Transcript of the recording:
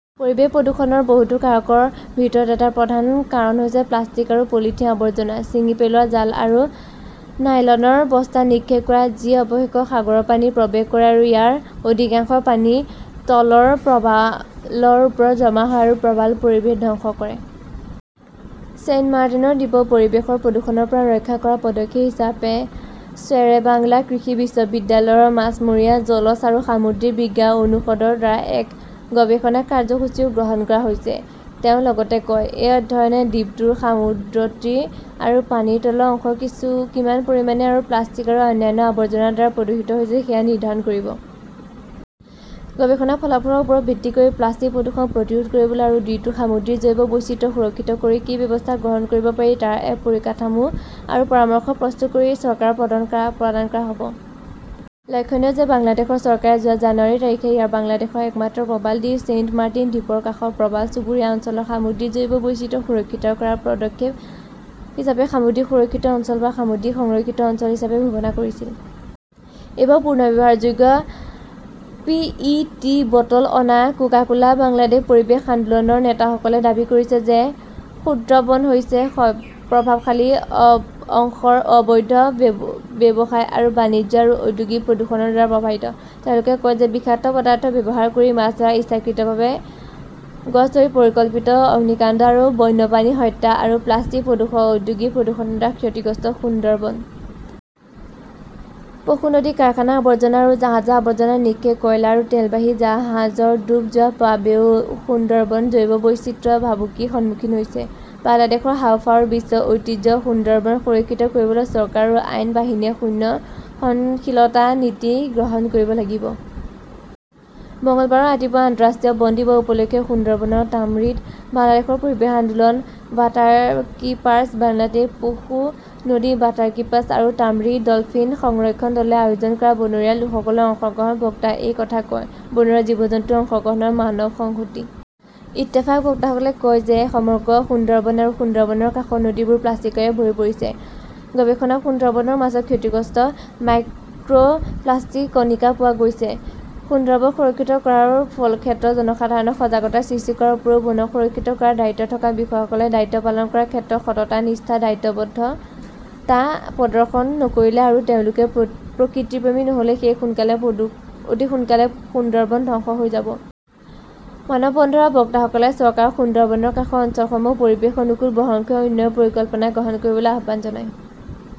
পৰিৱেশ প্ৰদূষণৰ বহুতো কাৰকৰ ভিতৰত এটা প্ৰধান কাৰণ হৈছে প্লাষ্টিক আৰু পলিথিনৰ আৱৰ্জনা, ছিঙি পেলোৱা জাল আৰু নাইলনৰ বস্তা নিক্ষেপ কৰা, যি অৱশেষত সাগৰৰ পানীত প্ৰৱেশ কৰে আৰু ইয়াৰ অধিকাংশই পানীৰ তলৰ প্ৰবালৰ ওপৰত জমা হয় আৰু প্ৰবাল পৰিৱেশ ধ্বংস কৰে। ছেইণ্টমাৰ্টিন দ্বীপক পৰিৱেশৰ প্ৰদূষণৰ পৰা ৰক্ষা কৰাৰ পদক্ষেপ হিচাপে শ্বেৰেবাংলা কৃষি বিশ্ববিদ্যালয়ৰ মাছমৰীয়া, জলজ আৰু সামুদ্ৰিক বিজ্ঞান অনুষদৰ দ্বাৰা এক গৱেষণা কাৰ্যসূচীও গ্ৰহণ কৰা হৈছে, তেওঁ লগতে কয়। এই অধ্যয়নে দ্বীপটোৰ সমুদ্ৰতীৰ আৰু পানীৰ তলৰ অংশ কিমান পৰিমাণে আৰু প্লাষ্টিক আৰু অন্যান্য আৱৰ্জনাৰ দ্বাৰা প্ৰদূষিত হৈছে সেয়া নিৰ্ধাৰণ কৰিব। গৱেষণাৰ ফলাফলৰ ওপৰত ভিত্তি কৰি প্লাষ্টিক প্ৰদূষণ প্ৰতিৰোধ কৰিবলৈ আৰু দ্বীপটোৰ সামুদ্ৰিক জৈৱ বৈচিত্ৰ্য সুৰক্ষিত কৰিবলৈ কি ব্যৱস্থা গ্ৰহণ কৰিব পাৰি তাৰ এক পৰিকাঠামো আৰু পৰামৰ্শ প্ৰস্তুত কৰি চৰকাৰক প্ৰদান কৰা হ 'ব। লক্ষণীয় যে বাংলাদেশ চৰকাৰে যোৱা জানুৱাৰী তাৰিখে ইয়াক বাংলাদেশৰ একমাত্ৰ প্ৰবাল দ্বীপ ছেইণ্ট মাৰ্টিন দ্বীপৰ কাষৰ প্ৰবাল চুবুৰীয়া অঞ্চলৰ সামুদ্ৰিক জৈৱ বৈচিত্ৰ্য সুৰক্ষিত কৰাৰ পদক্ষেপ হিচাপে সামুদ্ৰিক সুৰক্ষিত অঞ্চল বা সামুদ্ৰিক সুৰক্ষিত অঞ্চল হিচাপে ঘোষণা কৰিছিল। এইবাৰ পুনৰ্ব্যৱহাৰযোগ্য পি. ই. টি. বটল অনা কোকা-কোলা বাংলাদেশ পৰিৱেশ আন্দোলনৰ নেতাসকলে দাবী কৰিছে যে, সুন্দ্ৰবন হৈছে প্ৰভাৱশালী অংশৰ অবৈধ ব্যৱসায় আৰু বাণিজ্য আৰু ঔদ্যোগিক প্ৰদূষণৰ দ্বাৰা প্ৰভাৱিত। তেওঁলোকে কয় যে বিষাক্ত পদাৰ্থ ব্যৱহাৰ কৰি মাছ ধৰা, ইচ্ছাকৃতভাৱে গছ ধৰা, পৰিকল্পিত অগ্নিকাণ্ড আৰু বন্যপ্ৰাণী হত্যা আৰু প্লাষ্টিক প্ৰদূষণ-ঔদ্যোগিক প্ৰদূষণৰ দ্বাৰা ক্ষতিগ্ৰস্ত সুন্দৰবন। পশু নদীত কাৰখানাৰ আৱৰ্জনা আৰু জাহাজৰ আৱৰ্জনা নিক্ষেপ, কয়লা আৰু তেলবাহী জাহাজৰ ডুব যোৱাৰ বাবেও সুন্দৰবনৰ জৈৱ বৈচিত্ৰ্য ভাবুকিৰ সন্মুখীন হৈছে। বাংলাদেশৰ হাঁওফাঁওৰ বিশ্ব ঐতিহ্য সুন্দৰবন সুৰক্ষিত কৰিবলৈ চৰকাৰ আৰু আইন বাহিনীয়ে শূন্য সহনশীলতা নীতি গ্ৰহণ কৰিব লাগিব। মঙলবাৰে ৰাতিপুৱা আন্তঃৰাষ্ট্ৰীয় বন দিৱস উপলক্ষে সুন্দৰবনৰ ঢামৰীত বাংলাদেশ পৰিৱেশ আন্দোলন, ৱাটাৰকীপাৰ্ছ বাংলাদেশ, পশু নদীৰ ৱাটাৰকীপাৰ আৰু ঢামৰী ডলফিন সংৰক্ষণ দলে আয়োজন কৰা বনৰীয়া লোকসকলৰ অংশগ্ৰহণত বক্তাসকলে এই কথা কয়। বনৰীয়া জীৱ-জন্তুৰ অংশগ্ৰহণত মানৱ সংহতি। ইত্তেফাক বক্তাসকলে কয় যে, সমগ্ৰ সুন্দৰবন আৰু সুন্দৰবনৰ কাষৰ নদীবোৰ প্লাষ্টিকৰে ভৰি পৰিছে। গৱেষণাত সুন্দৰবনৰ মাছত ক্ষতিকাৰক মাইক্ৰ'প্লাষ্টিকৰ কণিকা পোৱা গৈছে। সুন্দৰবন সুৰক্ষিত কৰাৰ ক্ষেত্ৰত জনসাধাৰণৰ সজাগতা সৃষ্টি কৰাৰ উপৰিও বন সুৰক্ষিত কৰাৰ দায়িত্ব থকা বিষয়াসকলে দায়িত্ব পালন কৰাৰ ক্ষেত্ৰত সততা, নিষ্ঠা, দায়বদ্ধতা প্ৰদৰ্শন নকৰিলে আৰু তেওঁলোক প্ৰকৃতিপ্ৰেমী নহ'লে অতি সোনকালেই সুন্দৰবন ধ্বংস হৈ যাব। মানৱ বন্ধনৰ বক্তাসকলে চৰকাৰক সুন্দৰবনৰ কাষৰ অঞ্চলসমূহত পৰিৱেশ অনুকূল বহনক্ষম উন্নয়ন পৰিকল্পনা গ্ৰহণ কৰিবলৈ আহ্বান জনায়।